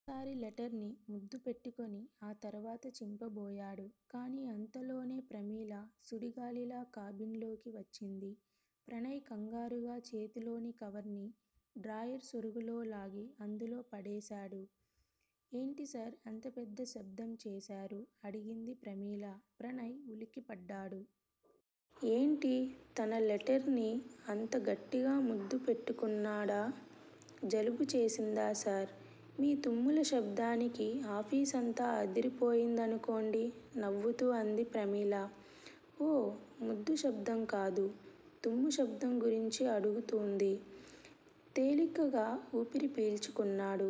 ఓసారి లెటర్ ని ముద్దు పెట్టుకుని ఆ తర్వాత చింపబోయాడు. కానీ అంతలోనే ప్రమీల సుడిగాలిలా కాబిన్ లోకి వచ్చింది. ప్రణయ్ కంగారుగా చేతిలోని కవర్ ని డ్రాయర్ సొరుగు లాగి అందులో పడేసాడు. ఏంటిసార్ అంత పెద్ద శబ్దం చేశారు? అడిగింది ప్రమీల. ప్రణయ్ ఉలిక్కిపడ్డాడు. ఏంటీ? తను లెటర్ ని అంత గట్టిగా ముద్దు పెట్టుకున్నాడా? జలుబు చేసిందా సార్? మీ తుమ్ముల శబ్దానికి ఆఫీసంతా అదిరి పోయిందనుకోండి నవ్వుతూ అంది ప్రమీల. ఓ. ముద్దు శబ్దం కాదు! తుమ్ము శబ్దం గురించి అడుగుతూంది. తేలికగా ఊపిరి పీల్చుకున్నాడు.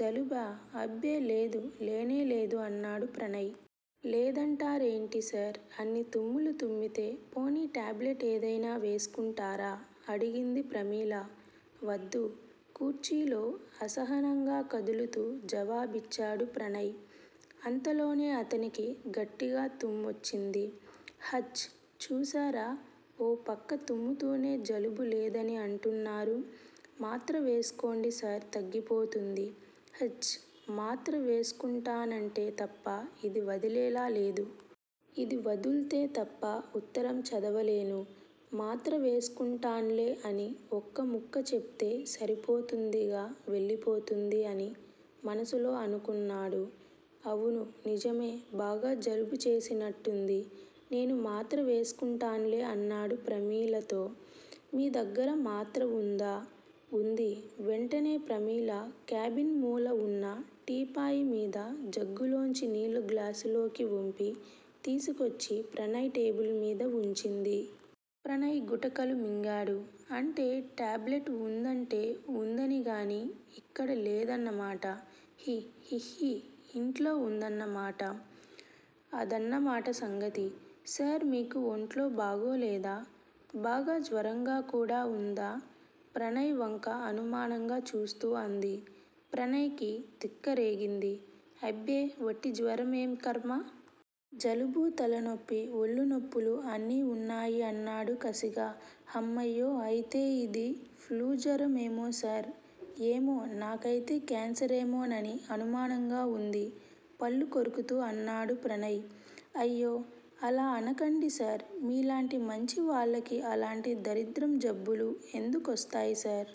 జలుబా అబ్బే లేదు లేనే లేదు అన్నాడు ప్రణయ్. లేదంటారేంటిసార్. అన్ని తుమ్ములు తుమ్మితే పోనీ టాబ్లెట్ ఏదైనా వేస్కుంటారా? అడిగింది ప్రమీల. వద్దు కుర్చీలో అసహనంగా కదుల్తూ జవాబిచ్చాడు ప్రణయ్ అంతలోనే అతనికి గట్టిగా తుమ్మొచ్చింది. హాచ్! చూశారా? ఓ పక్క తుమ్ముతూనే జలుబు లేదని అంటున్నారు. మాత్ర వేస్కోండి సార్ తగ్గిపోతుంది. 'ప్చ్ మాత్ర వేస్కుంటానంటే తప్ప ఇది వదిలేలా లేదు. ఇది వదుల్తే తప్ప ఉత్తరం చదవలేను. మాత్ర వేస్కుంటాన్లే అని ఒక్క ముక్క చెప్తే సరిపోతుందిగా వెళ్ళిపోతుంది' అని మనసులో అనుకున్నాడు. అవును నిజమే! బాగా జలుబు చేసినట్టుంది నేను మాత్ర వేసుకుంటాన్లే అన్నాడు ప్రమీలతో. మీ దగ్గర మాత్ర వుందా? ఉంది. వెంటనే ప్రమీల క్యాబిన్ మూల వున్నా టీపాయ్ మీది జగ్గులోంచి నీళ్ళు గ్లాసులోకి ఒంపి తీసుకొచ్చి ప్రణయ్ టేబుల్ మీద వుంచింది. ప్రణయ్ గుటకలు మింగాడు. అంటే టాబ్లెట్ వుందంటే వుందిగానీ ఇక్కడ లేదన్నమాట! హి హిహి ఇంట్లో వుందన్నమాట! అదన్నమాట సంగతి. సార్ మీకు ఒంట్లో బాగోలేదా? బాగా జ్వరంగా కూడా వుందా? ప్రణయ్ వంక అనుమానంగా చూస్తూ అంది. ప్రణయ్ కి తిక్క రేగింది. అబ్బే వట్టి జ్వరం ఏం ఖర్మ. జలుబూ, తలనొప్పి, ఒళ్ళు నొప్పులూ అన్నీ వున్నాయి అన్నాడు కసిగా. హమ్మయ్యో అయితే ఇది ఫ్లూజ్వరం ఏమో సార్? ఏమో! నాకైతే క్యాన్సరేమోనని అనుమానంగా వుంది పళ్ళు కొరుకుతూ అన్నాడు ప్రణయ్. అయ్యో! అలా అనకండిసార్! మీలాంటి మంచివాళ్ళకి అలాంటి దరిద్రం జబ్బులు ఎందుకొస్తాయి సార్?